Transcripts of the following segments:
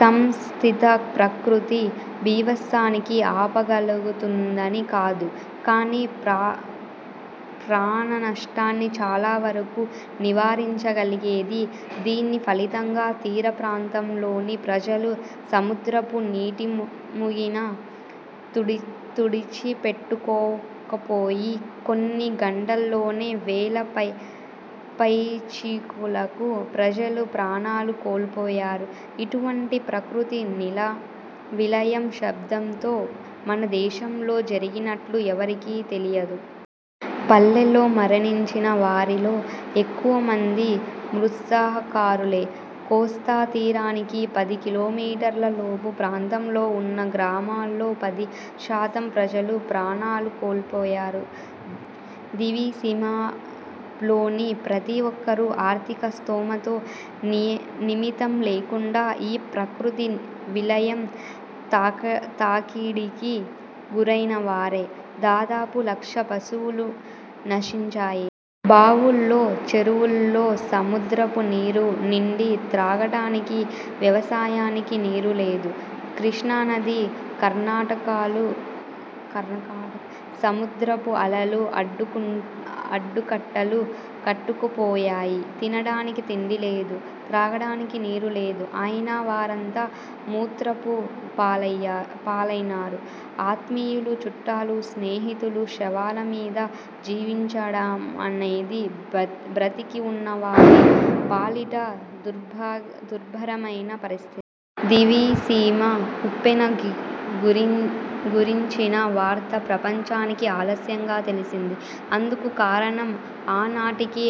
సంసిద్ధత ప్రకృతి భీభత్సాన్ని ఆపగలుగుతుందని కాదు, కానీ ప్రాణనష్టాన్ని చాలా వరకూ నివారించగలిగేది. దీని ఫలితంగా తీర ప్రాంతంలోని ప్రజాలు సముద్రపు నీటమునిగి తుడిచిపెట్టుకుపోయాయి. కొన్ని గంటల్లోనే వేల పైచిలుకు ప్రజలు ప్రాణాలు కోల్పోయారు. ఇటువంటి ప్రకృతి విలయం శతాబ్దంలో మనదేశంలో జరిగినట్లు ఎవరికీ తెలియదు. పల్లెల్లో మరణించిన వారిలో ఎక్కువ మంది మత్స్యకారులే. కోస్తాతీరానికి పది కిలోమీటర్ల లోపు ప్రాంతంలో ఉన్న గ్రామాల్లో పది శాతం ప్రజలు ప్రాణాలు కోల్పోయారు. దివిసీమలోని ప్రతి ఒక్కరూ, ఆర్థిక స్తోమతతో నిమిత్తం లేకుండా, ఈ ప్రకృతి విలయం తాకిడికి గురైనవారే. దాదాపు లక్ష పశువులు నశించాయి. బావులలో, చెరువులలో సముద్రపు నీరు నిండి, త్రాగటానికి, వ్యవసాయానికి నీరులేదు. కృష్ణానది కరకట్టలు, సముద్రపు అలల అడ్డుకట్టలు కొట్టుకుపోయాయి. తినడానికి తిండి లేదు. త్రాగటానికి నీరు లేదు. అయినవారంతా మృత్యువు పాలైనారు. ఆత్మీయుల, చుట్టాల, స్నేహితుల శవాల మధ్య జీవించడమన్నది బ్రతికి ఉన్నవారి పాలిటి దుర్భరమైన పరిస్థితి. దివిసీమ ఉప్పెన గురించిన వార్త ప్రపంచానికి ఆలస్యంగా తెలిసింది. అందుకు కారణం ఆనాటికి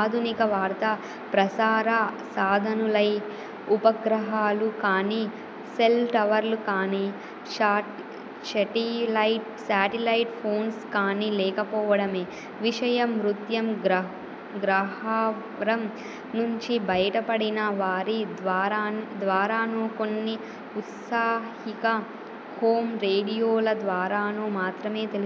ఆధునిక వార్తా ప్రసార సాధనాలైన ఉపగ్రహాలు కానీ, సెల్ టవర్లు కానీ, శాటిలైట్ ఫోన్లు కానీ లేకపోవడమే. విషయం, మృత్యు గహ్వరం నుంచి బయటపడిన వారి ద్వారానూ, కొన్ని ఔత్సాహిక హామ్ రేడియోల ద్వారానూ మాత్రమే తెలిసింది.